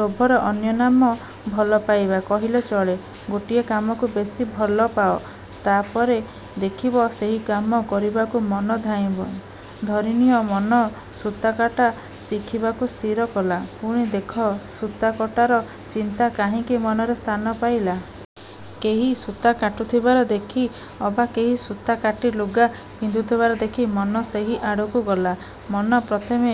ଲୋଭର ଅନ୍ୟନାମ "ଭଲ ପାଇବା" କହିଲେ ଚଳେ। ଗୋଟିଏ କାମକୁ ବେଶୀ ଭଲ ପାଅ। ତାହାପରେ ଦେଖିବ, ସେହି କାମ କରିବାକୁ ମନ ଧାଇଁବ। ଧରି ନିଅ, ମନ ସୂତାକାଟା ଶିଖିବାକୁ ସ୍ଥିର କଲା। ପୁଣି ଦେଖ, ସୂତାକଟାର ଚିନ୍ତା କାହିଁକି ମନରେ ସ୍ଥାନ ପାଇଲା? କେହି ସୂତା କାଟୁଥିବାର ଦେଖି ଅବା କେହି ସୂତା କାଟି ଲୁଗା ପିନ୍ଧୁଥିବାର ଦେଖି ମନ ସେହି ଆଡ଼କୁ ଗଲା। ମନ ପ୍ରଥମେ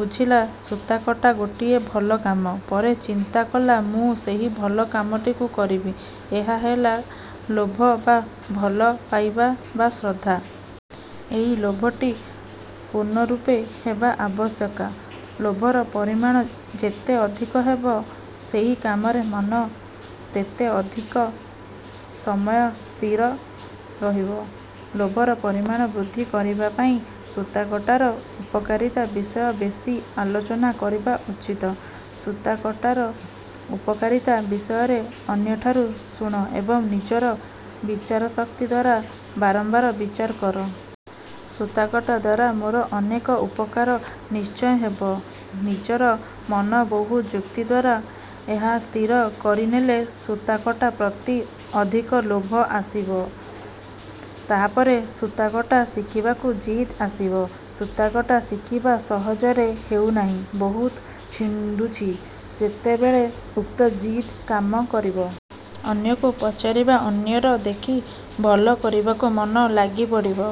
ବୁଝିଲା, ସୂତାକଟା ଗୋଟିଏ ଭଲ କାମ। ପରେ ଚିନ୍ତା କଲା, ମୁଁ ସେହି ଭଲ କାମଟିକୁ କରିବି। ଏହା ହେଲା ଲୋଭ ବା ଭଲ ପାଇବା ବା ଶ୍ରଦ୍ଧା। ଏହି ଲୋଭଟି। ପୂର୍ଣ୍ଣରୂପେ ହେବା ଆବଶ୍ୟକା। ଲୋଭର ପରିମାଣ ଯେତେ ଅଧିକ ହେବ, ସେହି କାମରେ ମନ ତେତେ ଅଧିକ ସମୟ ସ୍ଥିର ରହିବ। ଲୋଭର ପରିମାଣ ବୃଦ୍ଧି କରିବା ପାଇଁ ସୂତାକଟାର ଉପକାରିତା ବିଷୟ ବେଶୀ ଆଲୋଚନା କରିବା ଉଚିତ। ସୂତାକଟାର ଉପକାରିତା ବିଷୟରେ ଅନ୍ୟଠାରୁ ଶୁଣ ଏବଂ ନିଜର ବିଚାରଶକ୍ତି ଦ୍ଵାରା ବାରମ୍ବାର ବିଚାର କର। ସୂତାକଟା ଦ୍ଵାରା ମୋର ଅନେକ ଉପକାର ନିଶ୍ଚୟ ହେବ। ନିଜର ମନ ବହୁ ଯୁକ୍ତି ଦ୍ଵାରା ଏହା ସ୍ଥିର କରିନେଲେ ସୂତାକଟା ପ୍ରତି ଅଧିକ ଲୋଭ ଆସିବ। ତାହାପରେ ସୂତାକଟା ଶିଖିବାକୁ ଜିଦ୍ ଆସିବ-। ସୂତାକଟା ଶିଖିବା ସହଜରେ ହେଉନାହିଁ, ବହୁତ ଛିଣ୍ଡୁଛି। ସେତେବେଳେ ଉକ୍ତ ଜିଦ୍ କାମ କରିବ। ଅନ୍ୟକୁ ପଚାରିବା ଅନ୍ୟର ଦେଖି ଭଲ କରିବାକୁ ମନ ଲାଗିପଡ଼ିବ।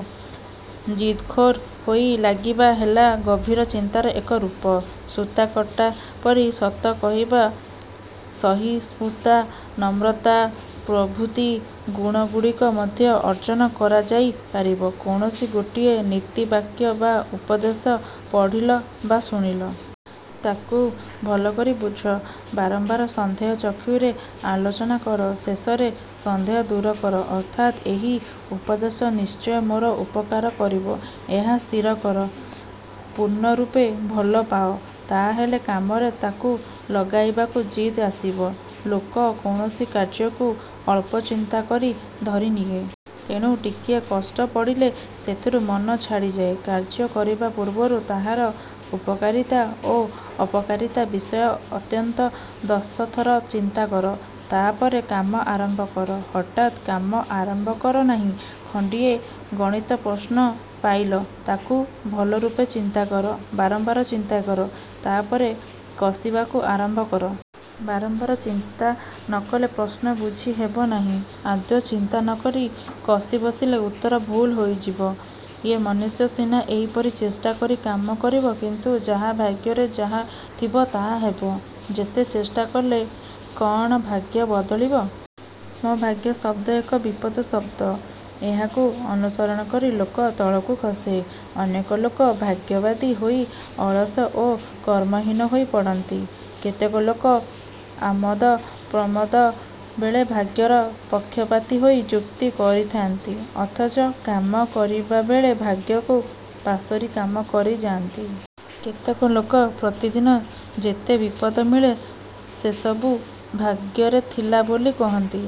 ଜିଦଖୋର୍ ହୋଇ ଲାଗିବା ହେଲା ଗଭୀର ଚିନ୍ତାର ଏକ ରୂପ। ସୂତାକଟାପରି ସତ କହିବା, ସହିଷ୍ଣୁତା, ନମ୍ରତା ପ୍ରଭୃତି ଗୁଣଗୁଡ଼ିକ ମଧ୍ୟ ଅର୍ଜନ କରାଯାଇ ପାରିବ। କୌଣସି ଗୋଟିଏ ନୀତିବାକ୍ୟ ବା ଉପଦେଶ ପଢ଼ିଲ ବା ଶୁଣିଲ। ତାକୁ ଭଲକରି ବୁଝ, ବାରମ୍ବାର ସନ୍ଦେହ ଚକ୍ଷୁରେ ଆଲୋଚନା କର; ଶେଷରେ ସନ୍ଦେହ ଦୂର କର ଅର୍ଥାତ୍ ଏହି ଉପଦେଶ ନିଶ୍ଚୟ ମୋର ଉପକାର କରିବ, ଏହା ସ୍ଥିର କର। ପୂର୍ଣ୍ଣରୂପେ ଭଲ ପାଅ, ତାହାହେଲେ କାମରେ ତାକୁ ଲଗାଇବାକୁ ଜିଦ୍ ଆସିବ। ଲୋକ କୌଣସି କାର୍ଯ୍ୟକୁ ଅଳ୍ପ ଚିନ୍ତା କରି ଧରିନିଏ। ତେଣୁ ଟିକିଏ କଷ୍ଟ ପଡ଼ିଲେ ସେଥିରୁ ମନ ଛାଡ଼ିଯାଏ। କାର୍ଯ୍ୟ କରିବା ପୂର୍ବରୁ ତାହାର ଉପକାରିତା ଓ ଅପକାରିତା ବିଷୟ ଅନ୍ତତଃ ଦଶଥର ଚିନ୍ତା କର, ତାହାପରେ କାମ ଆରମ୍ଭ କର। ହଠାତ୍ କାମ ଆରମ୍ଭ କର ନାହିଁ। ଖଣ୍ଡିଏ ଗଣିତ ପ୍ରଶ୍ନ ପାଇଲ। ତାକୁ ଭଲରୂପେ ଚିନ୍ତା କର, ବାରମ୍ବାର ଚିନ୍ତା କର; ତାହାପରେ କଷିବାକୁ ଆରମ୍ଭ କର। ବାରମ୍ବାର ଚିନ୍ତା ନ କଲେ ପ୍ରଶ୍ନ ବୁଝି ହେବ ନାହିଁ। ଆଦୌ ଚିନ୍ତା ନ କରି କଷି ବସିଲେ ଉତ୍ତର ଭୁଲ୍ ହୋଇଯିବ। ୟ-ମନୁଷ୍ୟ ସିନା ଏହିପରି ଚେଷ୍ଟା କରି କାମ କରିବ, କିନ୍ତୁ ଯାହା ଭାଗ୍ୟରେ ଯାହା ଥିବ; ତାହା ହେବ। ଯେତେ ଚେଷ୍ଟା କଲେ କଅଣ ଭାଗ୍ୟ ବଦଳିବ? ମ-ଭାଗ୍ୟ ଶବ୍ଦ ଏକ ବିପଦ ଶବ୍ଦ। ଏହାକୁ ଅନୁସରଣ କରି ଲୋକ ତଳକୁ ଖସେ। ଅନେକ ଲୋକ ଭାଗ୍ୟବାଦୀ ହୋଇ ଅଳସ ଓ କର୍ମହୀନ ହୋଇ ପଡ଼ନ୍ତି। କେତେକ ଲୋକ ଆମୋଦ ପ୍ରମୋଦ ବେଳେ ଭାଗ୍ୟର ପକ୍ଷପାତୀ ହୋଇ ଯୁକ୍ତି କରିଥାନ୍ତି ଅଥଚ କାମ କରିବାବେଳେ ଭାଗ୍ୟକୁ ପାସୋରି କାମ କରିଯାନ୍ତି। କେତେକ ଲୋକ ପ୍ରତିଦିନ ଯେତେ ବିପଦ ମିଳେ ସେସବୁ ଭାଗ୍ୟରେ ଥିଲା ବୋଲି କହନ୍ତି,